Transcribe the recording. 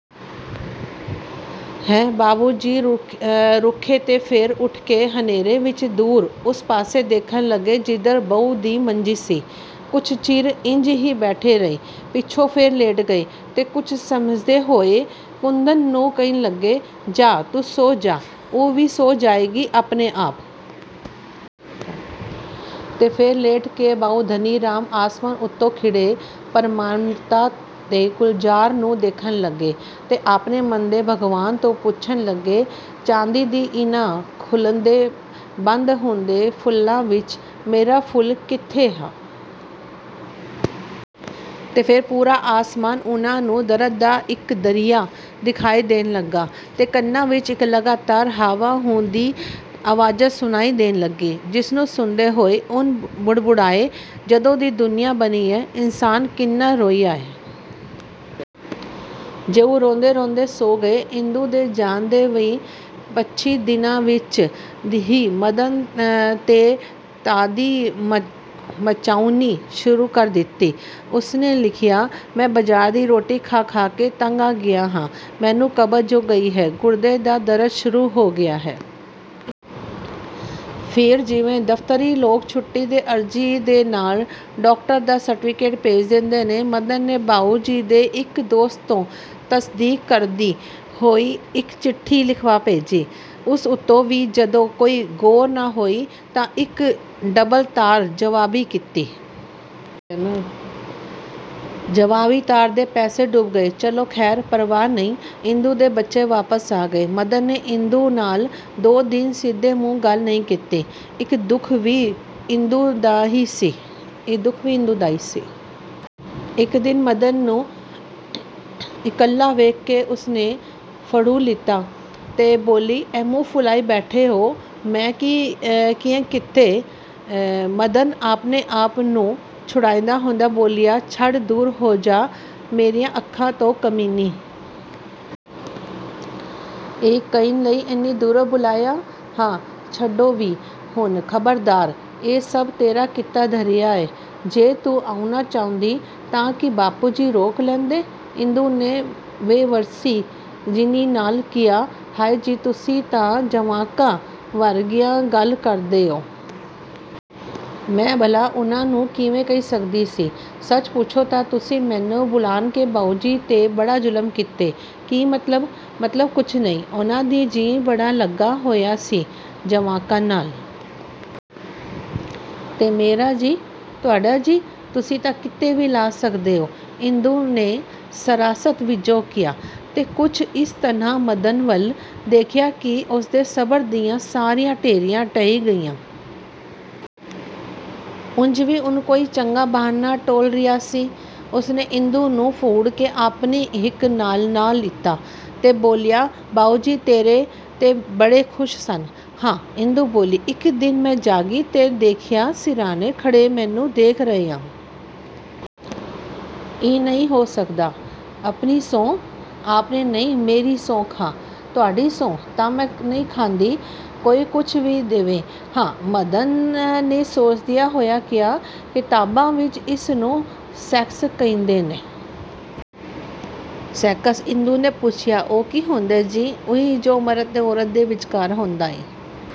" "ਹੈਂਅ? " ਬਾਊਜੀ ਰੁਖੇ ਤੇ ਫੇਰ ਉਠ ਕੇ ਹਨੇਰੇ ਵਿਚ ਦੂਰ ਉਸ ਪਾਸੇ ਦੇਖਣ ਲੱਗੇ ਜਿਧਰ ਬਹੂ ਦੀ ਮੰਜੀ ਸੀ। ਕੁਝ ਚਿਰ ਇੰਜ ਹੀ ਬੈਠੇ ਰਹਿਣ ਪਿੱਛੋਂ ਫੇਰ ਲੇਟ ਗਏ ਤੇ ਕੁਝ ਸਮਝਦੇ ਹੋਏ ਕੁੰਦਨ ਨੂੰ ਕਹਿਣ ਲੱਗੇ-"ਜਾਹ… ਤੂੰ ਸੌਂ ਜਾ, ਉਹ ਵੀ ਸੌਂ ਜਾਏਗੀ ਆਪਣੇ ਆਪ। " ਤੇ ਫੇਰ ਲੇਟ ਕੇ ਬਾਊ ਧਨੀਰਾਮ ਆਸਮਾਨ ਉੱਤੇ ਖਿੜੇ ਪ੍ਰਮਾਨਤਾ ਦੇ ਗੁਲਜ਼ਾਰ ਨੂੰ ਦੇਖਣ ਲੱਗੇ ਤੇ ਆਪਣੇ ਮਨ ਦੇ ਭਗਵਾਨ ਤੋਂ ਪੁੱਛਣ ਲੱਗੇ-'ਚਾਂਦੀ ਦੇ ਇਹਨਾਂ ਖੁੱਲ੍ਹਦੇ, ਬੰਦ ਹੁੰਦੇ ਫੁੱਲਾਂ ਵਿਚ ਮੇਰਾ ਫੁੱਲ ਕਿੱਥੇ ਹੈ? ' ਤੇ ਫੇਰ ਪੂਰਾ ਆਸਮਾਨ ਉਹਨਾਂ ਨੂੰ ਦਰਦ ਦਾ ਇਕ ਦਰਿਆ ਦਿਖਾਈ ਦੇਣ ਲੱਗਾ ਤੇ ਕੰਨਾਂ ਵਿਚ ਇਕ ਲਗਾਤਾਰ 'ਹਾ–ਵ–ਹੂ' ਦੀ ਆਵਾਜ਼ ਸੁਣਾਈ ਦੇਣ ਲੱਗੀ। ਜਿਸਨੂੰ ਸੁਣਦੇ ਹੋਏ ਉਹ ਬਰੜਾਏ-'ਜਦੋਂ ਦੀ ਦੁਨੀਆਂ ਬਣੀ ਏੇਂ ਇਨਸਾਨ ਕਿੰਨਾ ਰੋਇਆ ਏ! ' ਤੇ ਉਹ ਰੋਂਦੇ ਰੋਂਦੇ ਸੌਂ ਗਏ। ਇੰਦੂ ਦੇ ਜਾਣ ਦੇ ਵੀਹ ਪੱਛੀ ਦਿਨਾਂ ਵਿਚ ਦੀਹੀ ਮਦਨ ਤੇ ਦਾ–ਦੀ ਮਚਾਉਣੀ ਸ਼ੁਰੂ ਕਰ ਦਿਤੀ। ਉਸਨੇ ਲਿਖਿਆ: 'ਮੈਂ ਬਾਜ਼ਾਰ ਦੀ ਰੋਟੀ ਖਾ–ਖਾ ਕੇ ਤੰਗ ਆ ਗਿਆ ਹਾਂ, ਮੈਨੂੰ ਕਬਜ਼ ਹੋ ਗਈ ਹੈ, ਗੁਰਦੇ ਦਾ ਦਰਦ ਸ਼ੁਰੂ ਹੋ ਗਿਆ ਹੈ। ' ਫੇਰ ਜਿਵੇਂ ਦਫ਼ਤਰੀ ਲੋਕ ਛੁੱਟੀ ਦੀ ਅਰਜ਼ੀ ਦੇ ਨਾਲ ਡਾਕਟਰ ਦਾ ਸਰਟਿਫੀਕੇਟ ਭੇਜ ਦਿੰਦੇ ਨੇ, ਮਦਨ ਨੇ ਬਾਊ ਜੀ ਦੇ ਇਕ ਦੋਸਤ ਤੋਂ ਤਸਦੀਕ ਕਰਦੀ ਹੋਈ ਇਕ ਚਿੱਠੀ ਲਿਖਵਾ ਭੇਜੀ। ਉਸ ਉੱਤੇ ਵੀ ਜਦੋਂ ਕੋਈ ਗੌਰ ਨਾ ਹੋਈ ਤਾਂ ਇਕ ਡਬਲ ਤਾਰ-ਜਵਾਬੀ-ਕੀਤੀ। ਜਵਾਬੀ ਤਾਰ ਦੇ ਪੈਸੇ ਡੁੱਬ ਗਏ, ਚਲੋ ਖ਼ੈਰ, ਪ੍ਰਵਾਹ ਨਹੀਂ। ਇੰਦੂ ਤੇ ਬੱਚੇ ਵਾਪਸ ਆ ਗਏ। ਮਦਨ ਨੇ ਇੰਦੂ ਨਾਲ ਦੋ ਦਿਨ ਸਿੱਧੇ ਮੂੰਹ ਗੱਲ ਨਹੀਂ ਕੀਤੀ। ਇਹ ਦੁੱਖ ਵੀ ਇੰਦੂ ਦਾ ਹੀ ਸੀ। ਇਕ ਦਿਨ ਮਦਨ ਨੂੰ ਇਕੱਲਾ ਵੇਖ ਕੇ ਉਸਨੇ ਫੜ੍ਹ ਲਿਆ ਤੇ ਬੋਲੀ-"ਐਂ ਮੂੰਹ ਫੁਲਾਈ ਬੈਠੋ ਓ, ਮੈਂ ਕੀ ਕਿਹੈ… ਕੀਤੈ…? " ਮਦਨ ਆਪਣੇ ਆਪ ਨੂੰ ਛੁਡਾਉਂਦਾ ਹੋਇਆ ਬੋਲਿਆ-"ਛੱਡ, ਦੂਰ ਹੋ ਜਾ ਮੇਰੀਆਂ ਅੱਖਾਂ ਤੋਂ-ਕਮੀਨੀ! " "ਇਹੀ ਕਹਿਣ ਲਈ ਐਨੀ ਦੂਰੋਂ ਬੁਲਾਇਐ? " "ਹਾਂ! " "ਛੱਡੋ ਵੀ ਹੁਣ। " "ਖ਼ਬਰਦਾਰ! ਇਹ ਸਭ ਤੇਰਾ ਕੀਤਾ ਧਰਿਆ ਏ। ਜੇ ਤੂੰ ਆਉਣਾ ਚਾਹੁੰਦੀ ਤਾਂ ਕੀ ਬਾਊਜੀ ਰੋਕ ਲੈਂਦੇ? " ਇੰਦੂ ਨੇ ਬੇਵੱਸੀ ਜਿਹੀ ਨਾਲ ਕਿਹਾ-"ਹਾਏ ਜੀ, ਤੁਸੀਂ ਤਾਂ ਜਵਾਕਾਂ ਵਰਗੀਆਂ ਗੱਲ ਕਰਦੇ ਓ। ਮੈਂ ਭਲਾ ਉਹਨਾਂ ਨੂੰ ਕਿਵੇਂ ਕਹਿ ਸਕਦੀ ਸੀ? ਸੱਚ ਪੁੱਛੋਂ ਤਾਂ ਤੁਸੀਂ ਮੈਨੂੰ ਬੁਲਾਅ ਕੇ ਬਾਊਜੀ 'ਤੇ ਬੜਾ ਜੁਲਮ ਕੀਤੈ। " "ਕੀ ਮਤਲਬ? " "ਮਤਲਬ ਕੁਸ਼ ਨੀਂ, ਉਹਨਾਂ ਦਾ ਜੀਅ ਬੜਾ ਲੱਗਾ ਹੋਇਆ ਸੀ ਜਵਾਕਾਂ ਨਾਲ। " "ਤੇ ਮੇਰਾ ਜੀਅ? " "ਤੁਹਾਡਾ ਜੀਅ? ਤੁਸੀਂ ਤਾਂ ਕਿਤੇ ਵੀ ਲਾ ਸਕਦੇ ਓ! " ਇੰਦੂ ਨੇ ਸ਼ਰਾਸਤ ਵੀਜੋਂ ਕਿਹਾ। ਤੇ ਕੁਝ ਇਸ ਤਰ੍ਹਾਂ ਮਦਨ ਵੱਲ ਦੇਖਿਆ ਕਿ ਉਸਦੇ ਸਬਰ ਦੀਆਂ ਸਾਰੀਆਂ ਢੇਰੀਆਂ ਢਹਿ ਗਈਆਂ। ਉਂਜ ਵੀ ਉਹ ਕੋਈ ਚੰਗਾ ਬਹਾਨਾ ਟੋਲ ਰਿਹਾ ਸੀ। ਉਸਨੇ ਇੰਦੂ ਨੂੰ ਫੋੜ੍ਹ ਕੇ ਆਪਣੀ ਹਿੱਕ ਨਾਲ ਲਾ ਲਿਆ ਤੇ ਬੋਲਿਆ-"ਬਾਊਜੀ ਤੇਰੇ 'ਤੇ ਬੜੇ ਖੁਸ਼ ਸਨ? " "ਹਾਂ! " ਇੰਦੂ ਬੋਲੀ, "ਇਕ ਦਿਨ ਮੈਂ ਜਾਗੀ ਤਾਂ ਦੇਖਿਆ ਸਿਰਹਾਣੇ ਖੜ੍ਹੇ ਮੈਨੂੰ ਦੇਖ ਰਹੇ ਐ! " "ਇਹ ਨਹੀਂ ਹੋ ਸਕਦਾ। " "ਆਪਣੀ ਸੌਂਹ! " "ਆਪਣੀ ਨਹੀਂ, ਮੇਰੀ ਸੌਂਹ ਖਾਹ। " "ਤੁਹਾਡੀ ਸੌਂਹ ਤਾਂ ਮੈਂ ਨੀਂ ਖਾਂਦੀ, ਕੋਈ ਕੁਸ਼ ਵੀ ਦੇਵੇ। " "ਹਾਂ! " ਮਦਨ ਨੇ ਸੋਚਦਿਆਂ ਹੋਇਆਂ ਕਿਹਾ, "ਕਿਤਾਬਾਂ ਵਿਚ ਇਸ ਨੂੰ ਸੈਕਸ ਕਹਿੰਦੇ ਨੇ। " "ਸੈਕਸ? " ਇੰਦੂ ਨੇ ਪੁੱਛਿਆ, "ਉਹ ਕੀ ਹੁੰਦੈ ਜੀ? " "ਉਹੀ ਜੋ ਮਰਦ ਤੇ ਔਰਤ ਦੇ ਵਿਚਕਾਰ ਹੁੰਦਾ ਏ।